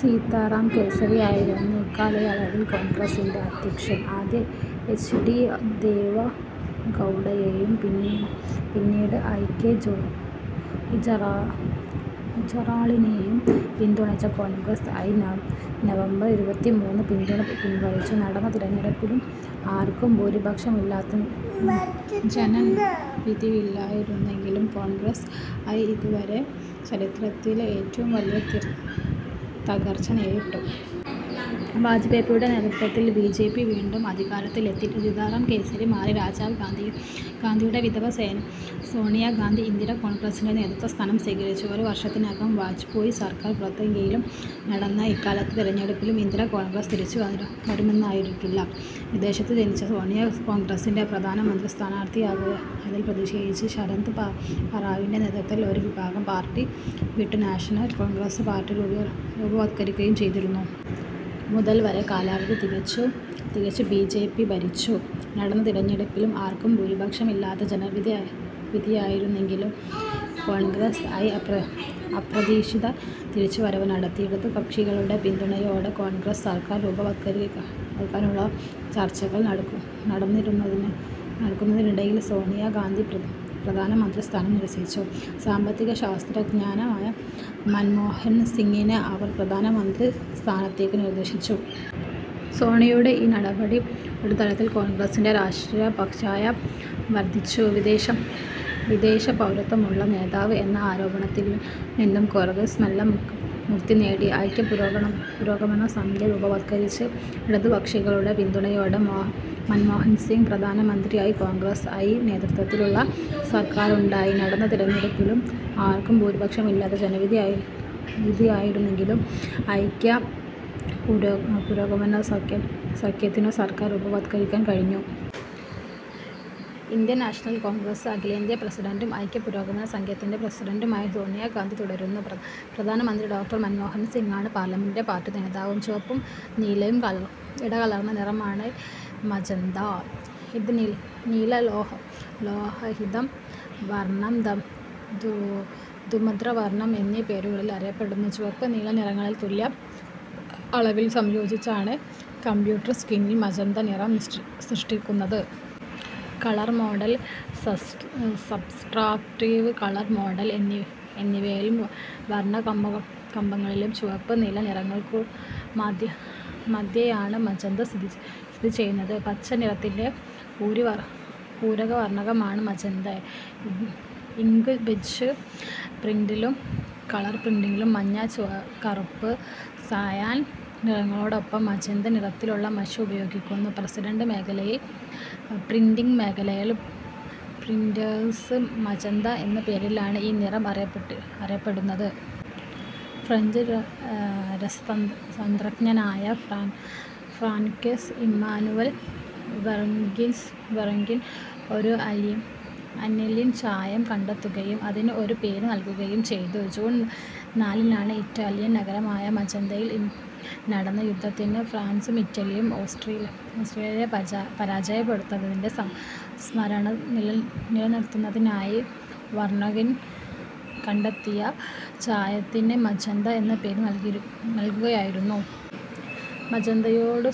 സീതാറാം കേസരിയായിരുന്നു ഇക്കാലയളവിൽ കാൺഗ്രസിൻ്റെ അധ്യക്ഷൻ. ആദ്യം എച്ച്. ഡി. ദേവഗൗഡയെയും പിന്നീട് ഐ. കെ. ഗുജ്റാളിനെയും പിന്തുണച്ച കോൺഗ്രസ് ഐ നവംബർ ഇരുപത്തിമൂന്നിന് പിന്തുണ പിൻവലിച്ചു. നടന്ന തിരഞ്ഞെടുപ്പിലും ആർക്കും ഭൂരിപക്ഷമില്ലാത്ത ജനവിധിയായിരുന്നുവെങ്കിലും കോൺഗ്രസ് ഐ അതുവരെയുള്ള ചരിത്രത്തിലെ ഏറ്റവും വലിയ തകർച്ച നേരിട്ടു. വാജ്പേയിയുടെ നേതൃത്വത്തിൽ ബി. ജെ. പി. വീണ്ടും അധികാരത്തിലെത്തി. സീതാറാം കേസരി മാറി രാജീവ് ഗാന്ധിയുടെ വിധവ സോണിയാ ഗാന്ധി ഇന്ദിരാ കോൺഗ്രസിൻ്റെ നേതൃസ്ഥാനം സ്വീകരിച്ചു. ഒരു വർഷത്തിനകം വാജ്പേയി സർക്കാർ പുറത്തായെങ്കിലും നടന്ന ഇടക്കാല തിരഞ്ഞെടുപ്പും ഇന്ദിരാ കോൺഗ്രസിൻ്റെ തിരിച്ചുവരവിനു കളമൊരുക്കിയില്ല. വിദേശത്തു ജനിച്ച സോണിയ കോൺഗ്രസിൻ്റെ പ്രധാനമന്ത്രിസ്ഥാനാർത്ഥിയാകുന്നതിൽ പ്രതിഷേധിച്ച് ശരദ് പവാറിൻ്റെ നേതൃത്വത്തിൽ ഒരു വിഭാഗം പാർട്ടി വിട്ട് നാഷണലിസ്റ്റ് കോൺഗ്രസ് പാർട്ടി രൂപവത്കരിക്കുകയും ചെയ്തിരുന്നു. മുതൽ വരെ കാലാവധി തികച്ചു ബി. ജെ. പി. ഭരിച്ചു. നടന്ന തിരഞ്ഞെടുപ്പിലും ആർക്കും ഭൂരിപക്ഷമില്ലാത്ത ജനവിധിയായിരുന്നുവെങ്കിലും കോൺഗ്രസ് ഐ അപ്രതീക്ഷിത തിരിച്ചുവരവ് നടത്തി. ഇടതുകക്ഷികളുടെ പിന്തുണയോടെ കോൺഗ്രസ് സർക്കാർ രൂപവത്കരിക്കാനുള്ള ചർച്ചകൾ നടക്കുന്നതിനിടയിൽ സോണിയാ ഗാന്ധി പ്രധാനമന്ത്രി സ്ഥാനം നിരസിച്ചു. സാമ്പത്തികശാസ്ത്രജ്ഞനായ മൻമോഹൻ സിങ്ങിനെ അവർ പ്രധാനമന്ത്രി സ്ഥാനത്തേക്കു നിർദ്ദേശിച്ചു. സോണിയയുടെ ഈ നടപടി ഒരുതരത്തിൽ കോൺഗ്രസിൻ്റെ രാഷ്ട്രീയ പ്രതിച്ഛായ വർധിപ്പിച്ചു. വിദേശപൗരത്വമുള്ള നേതാവ് എന്ന ആരോപണത്തിൽനിന്നും കോൺഗ്രസ് മെല്ലെ മുക്തിനേടി. ഐക്യ പുരോഗമന സഖ്യം രൂപവത്കരിച്ച് ഇടതുകക്ഷികളുടെ പിന്തുണയോടെ മൻമോഹൻ സിങ് പ്രധാനമന്ത്രിയായി കോൺഗ്രസ് ഐ നേതൃത്വത്തിലുള്ള സർക്കാരുണ്ടാക്കി. നടന്ന തിരഞ്ഞെടുപ്പിലും ആർക്കും ഭൂരിപക്ഷമില്ലാത്ത ജനവിധിയായിരുന്നുവെങ്കിലും ഐക്യ പുരോഗമന സഖ്യത്തിനു സർക്കാർ രൂപവത്കരിക്കാൻ കഴിഞ്ഞു. ഇന്ത്യൻ നാഷണൽ കോൺഗ്രസ് അഖിലേന്ത്യാ പ്രസിഡന്റും ഐക്യ പുരോഗമന സഖ്യത്തിൻ്റെ പ്രസിഡന്റുമായി സോണിയാ ഗാന്ധി തുടരുന്നു. പ്രധാനമന്ത്രി ഡോ. മൻമോഹൻ സിങ്ങാണ് പാർലമെന്ററി പാർട്ടി നേതാവും. ചുവപ്പും നീലയും ഇടകലർന്ന നിറമാണ് മജന്ത. ഇത് നീലലോഹിത വർണം, ധൂമ്രവർണം എന്നീ പേരുകളിലും അറിയപ്പെടുന്നു. ചുവപ്പ്, നീല നിറങ്ങളെ തുല്യ അളവിൽ സംയോജിപ്പിച്ചാണ് കമ്പ്യൂട്ടർ സ്ക്രീനിൽ മജന്ത നിറം സൃഷ്ടിക്കുന്നത്. Colour model, subtractive colour model എന്നിവയിലും വർണപ്പമ്പരങ്ങളിലും ചുവപ്പ്, നീല നിറങ്ങൾക്കു മധ്യേയാണ് മജന്ത സ്ഥിതിചെയ്യുന്നത്. പച്ച നിറത്തിൻ്റെ പൂരകവർണമാണ് മജന്ത. ഇങ്ക്ജെറ്റ് പ്രിന്ററിലും കളർ പ്രിന്റിങ്ങിലും മഞ്ഞ, കറുപ്പ്, സയാൻ നിറങ്ങളോടൊപ്പം മജന്ത നിറത്തിലുള്ള മഷി ഉപയോഗിക്കുന്നു. പ്രിന്റിങ് മേഖലയിൽ പ്രിന്റേഴ്സ് മജന്ത എന്ന പേരിലാണ് ഈ നിറം അറിയപ്പെടുന്നത്. ഫ്രഞ്ച് രസതന്ത്രജ്ഞനായ ഫ്രാൻക്വസ് ഇമ്മാനുവൽ വെർഗ്വിൻ ഒരു അനിലിൻ ചായം കണ്ടെത്തുകയും അതിന് ഒരു പേര് നൽകുകയും ചെയ്തു. ജൂൺ നാലിന് ഇറ്റാലിയൻ നഗരമായ മജന്തയിൽ നടന്ന യുദ്ധത്തിൽ ഫ്രാൻസും ഇറ്റലിയും ഓസ്ട്രിയയെ പരാജയപ്പെടുത്തിയതിൻ്റെ സ്മരണ നിലനിർത്തുന്നതിനായി വെർഗ്വിൻ കണ്ടെത്തിയ ചായത്തിന് മജന്ത എന്ന പേര് നൽകുകയായിരുന്നു. മജന്തയോടു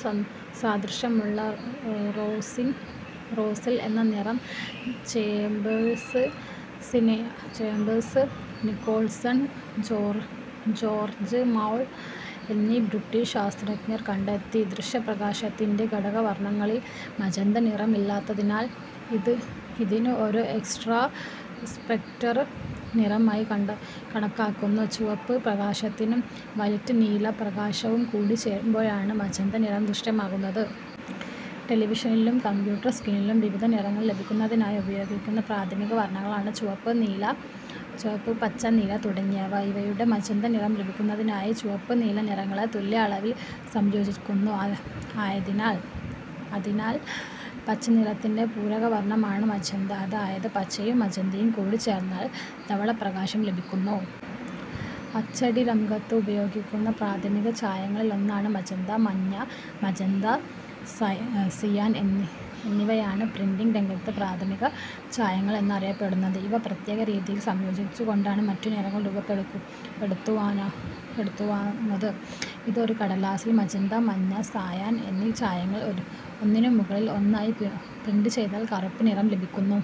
സാദൃശ്യമുള്ള റോസിൻ എന്ന നിറം ചേമ്പേഴ്സ് നിക്കോൾസൺ, ജോർജ്ജ് മൗൾ എന്നീ ബ്രിട്ടീഷ് ശാസ്ത്രജ്ഞർ കണ്ടെത്തി. ദൃശ്യപ്രകാശത്തിലെ ഘടകവർണങ്ങളിൽ മജന്ത നിറം ഇല്ലാത്തതിനാൽ ഇതിനെ ഒരു എക്സ്ട്രാ സ്പെക്ട്രൽ നിറമായി കണക്കാക്കുന്നു. ചുവപ്പ് പ്രകാശവും വയലറ്റ് നീല പ്രകാശവും കൂടിച്ചേരുമ്പോഴാണ് മജന്ത നിറം ദൃശ്യമാകുന്നത്. ടെലിവിഷനിലും കമ്പ്യൂട്ടർ സ്ക്രീനിലും വിവിധ നിറങ്ങൾ ലഭിക്കുന്നതിനായി ഉപയോഗിക്കുന്ന പ്രാഥമിക വർണങ്ങളാണ് ചുവപ്പ്, പച്ച, നീല തുടങ്ങിയവ. ഇവിടെ മജന്ത നിറം ലഭിക്കുന്നതിനായി ചുവപ്പ്, നീല നിറങ്ങളെ തുല്യ അളവിൽ സംയോജിപ്പിക്കുന്നു. അതിനാൽ പച്ചനിറത്തിൻ്റെ പൂരകവർണമാണ് മജന്ത. അതായത് പച്ചയും മജന്തയും കൂടിച്ചേർന്നാൽ ധവളപ്രകാശം ലഭിക്കുന്നു. അച്ചടിരംഗത്ത് ഉപയോഗിക്കുന്ന പ്രാഥമിക ചായങ്ങളിലൊന്നാണ് മജന്ത. മഞ്ഞ, മജന്ത, സിയാൻ എന്നിവയാണ് പ്രിന്റിങ് രംഗത്തെ പ്രാഥമിക ചായങ്ങൾ എന്നറിയപ്പെടുന്നത്. ഇവ പ്രത്യേക രീതിയിൽ സംയോജിപ്പിച്ചുകൊണ്ട് മറ്റു നിറങ്ങൾ രൂപപ്പെടുത്താവുന്നതാണ്. ഒരു കടലാസിൽ മജന്ത, മഞ്ഞ, സയാൻ എന്നീ ചായങ്ങൾ ഒന്നിനുമുകളിൽ ഒന്നായി പ്രിന്റ് ചെയ്താൽ കറുപ്പ് നിറം ലഭിക്കുന്നു.